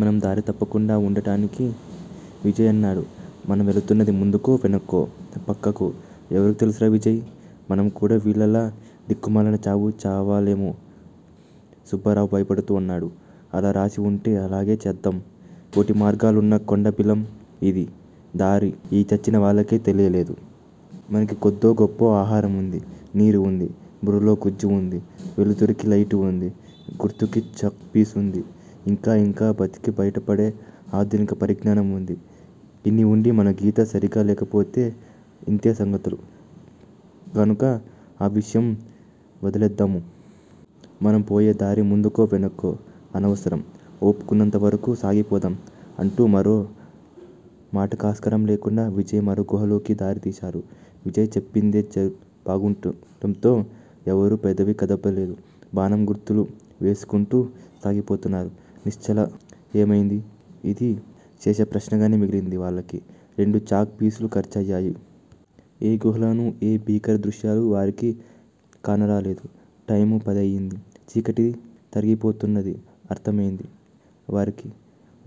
మనం దారి తప్పకుండా ఉండటానికి విజయ్ అన్నాడు మనం వెళుతున్నది ముందుకో, వెనక్కో, పక్కకో ఎవరికీ తెలుసురా విజయ్! మనం కూడా వీల్లలా దిక్కుమాలిన చావు చావాలేమో సుబ్బారావు భయపడుతూ అన్నాడు. అలా రాశి వుంటే అలాగే చద్దాం. కోటిమార్గాలున్న కొండబిలం యిది. దారి ఈ చచ్చినవాళ్ళకే తెలియలేదు. మనకి కొద్దో గొప్పో ఆహారం వుంది. నీరు వుంది. బుర్రలో గుజ్జువుంది. వేలుతురుకి లైటు వుంది. గుర్తుకి చాక్ పీసు వుంది. ఇంకా ఇంకా బతికి బయట పడే ఆదునిక పరిజ్ఞానం వుంది. ఇన్ని వుండి మన గీత సరీగలేకపోతె ఇంతే సంగతులు. కానుక ఆ విషయం వదిలేద్దాము. మనం పోయే దారి ముందుకో వెనక్కో అనవసరం, ఓపికున్నంతవరకూ సాగిపోదాం అంటూ మరో మాటకాస్కారం లేకుండా విజయ్ మరో గుహాలోకి దారితీశారు. విజయ్ చెప్పిందే బాగుండటంతో ఎవరూ పెదవి కదపలేదు. బాణం గుర్తులు వేసుకుంటూ సాగిపోతున్నారు. నిశ్చల ఏమయింది? ఇది శేషప్రశ్నగానే మిగిలింది వాళ్ళకి. రెండు చాక్ పీసులు ఖర్చు అయ్యాయి. ఏ గుహాలోనూ ఏ భీకరదృశ్యాలు వారికి కానరాలేదు. టైము పది అయింది. చీకటి తరిగిపోతున్నది అర్దమైంది వారికి.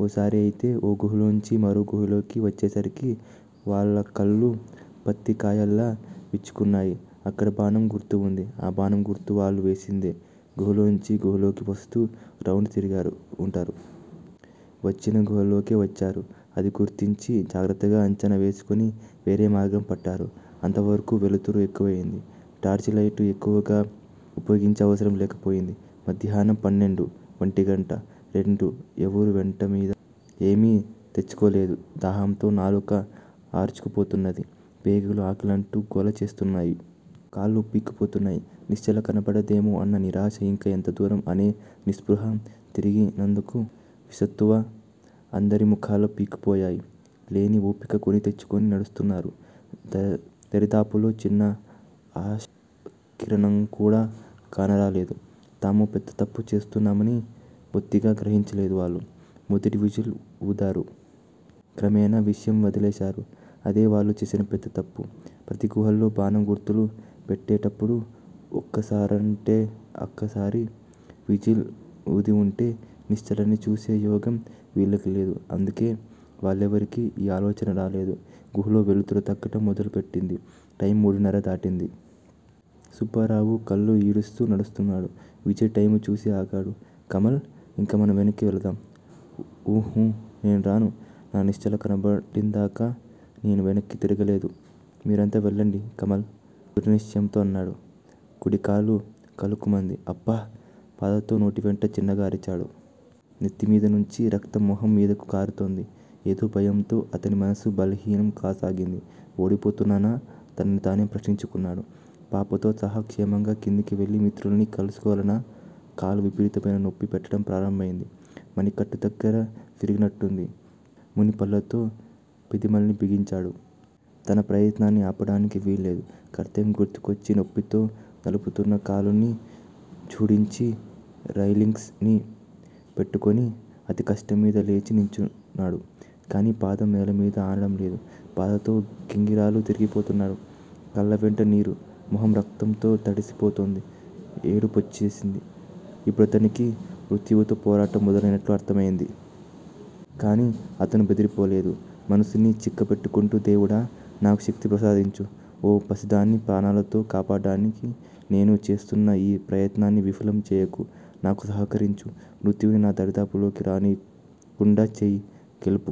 ఓసారి అయితే ఓ గుహలోంచి మరో గుహలోకి వచ్చేసరికి వాళ్ళ కళ్ళు పత్తికయాల్లా విచ్చుకున్నాయి. అక్కడ బాణం గుర్తువుంది. ఆ బాణం గుర్తు వాళ్ళు. వేసిందే. గుహలోంచి గుహలోకి వస్తూ రౌండ్ తిరిగి వుంటారు. వచ్చిన గుహలోకే వచ్చారు. అది గుర్తించి జాగ్రత్తగా అంచనా వేసుకుని వేరే మార్గం పట్టారు. అంతవరకూ వెలుతురు ఎక్కువయింది. టార్చిలైటు ఎక్కువుగా వుపయోగించే అవసరం లేక పోయింది. మధ్యాహ్నం పన్నెండు. వంటిగంట. రెండు. ఎవరూ వెంట ఏమీ తెచ్చుకోలేదు దాహంతో నాలుక అర్చుకుపోతున్నది. పేగులు ఆకలంటూ గోల చేస్తున్నాయి. కాళ్ళు పీక్కుపోతున్నాయి. నిశ్చల కనబడదేమో అన్న నిరాశ ఇంకా ఎంత దూరం అనే నిస్పృహా. తిరిగినందుకు విస్సత్తువ. అందరి ముఖాలు పీక్కుపోయాయి. లేని ఓపిక కొని తెచ్చుకుని నడుస్తున్నారు. దరిదాపుల్లో చిన్న ఆశాకిరణంకూడా కానరాలేదు. తామో పెద్ద తప్పు చేస్తున్నామని బొత్తిగా గ్రహించలేదు వాళ్ళు. మొదట విజిల్ వూదారు. క్రమేనా విషయం వదిలేశారు. అదే వాళ్ళు చేసిన పెద్ద తప్పు. ప్రతి గుహలో బాణం గుర్తులు పెట్టేటప్పుడు ఒక్కసారంటే అక్కసారి విజిల్ ఊదివుంటే నిశ్చలని చూసే యోగం వీళ్ళకి లేదు. అందుకే వాళ్ళెవరికీ ఈ ఆలోచన రాలేదు. గుహలో వెలుతురు తగ్గటం మొదలుపెట్టింది. టైము మూడున్నర దాటింది. సుబ్బారావు కళ్ళు ఈడుస్తూ నడుస్తున్నాడు. విజయ్ టైము చూసి ఆగాడు. కమల్! ఇంక మనం వెనక్కీ వెళదాం! ఊహూ నేనురాను. నా నిశ్చల కనబడిందాకా నేను వెనక్కీ తిరిగేలేదు. మీరంతా వెళ్ళండి కమల్ ధృడనిశ్చయంతో అన్నాడు. కుడికాలు కలుక్కుమంది. అబ్బా! బాధతో నోటివెంట చిన్నగా అరిచాడు. నెత్తిమీద నుంచి రక్తం మొహం మీదకి కారుతోంది. ఏదో భయంతో అతని మనసు బలహీనం కాసాగింది. ఓడిపోతున్నానా? తనని తానే ప్రశ్నించుకున్నాడు. పాపతో సహా క్షేమంగా కిందకి వెళ్ళి మిత్రులని కలుసుకోగలనా? కాలు విపరీతమైన నొప్పి పెట్టడం ప్రారంభమైంది. మణి కట్టుదగ్గర విరిగనట్టుంది. మునిపళ్ళతో పెదిమల్ని బిగించాడు. తన ప్రయత్నాన్ని ఆపడానికి వీలులేదు. కర్తవ్యం గుర్తుకొచ్చి నొప్పితో నలుపుతున్న కాలుని ఝాడించి రైలింగ్స్ ని పట్టుకుని అతికష్టంమీద లేచి నించున్నాడు. కానీ పాదం నేలమీద ఆనడంలేదు. బాధతో గింగిరాలు తిరిగిపోతున్నాడు. కళ్ళవెంట నీరు, మొహం రక్తంతోనూ తడిసిపోతోంది. ఏడుపొచ్చేసింది. ఇప్పుడతనికి మృత్యువుతో పోరాటం మొదలైనట్లు అర్ధమైంది. కానీ అతను బెదిరిపోలేదు. మనసుని చిక్కబెట్టుకుంటూ దేవుడా! నాకు శక్తిని ప్రసాదించు ఓ పసిదాన్ని ప్రాణాలతో కాపాడ్డానికి నేను చేస్తున్నఈ ప్రయత్నాన్ని విఫలం చేయకు. నాకు సహకరించు, మృత్యువుని నా దరిదాపులకి రాకుండా చేయి. గెలుపు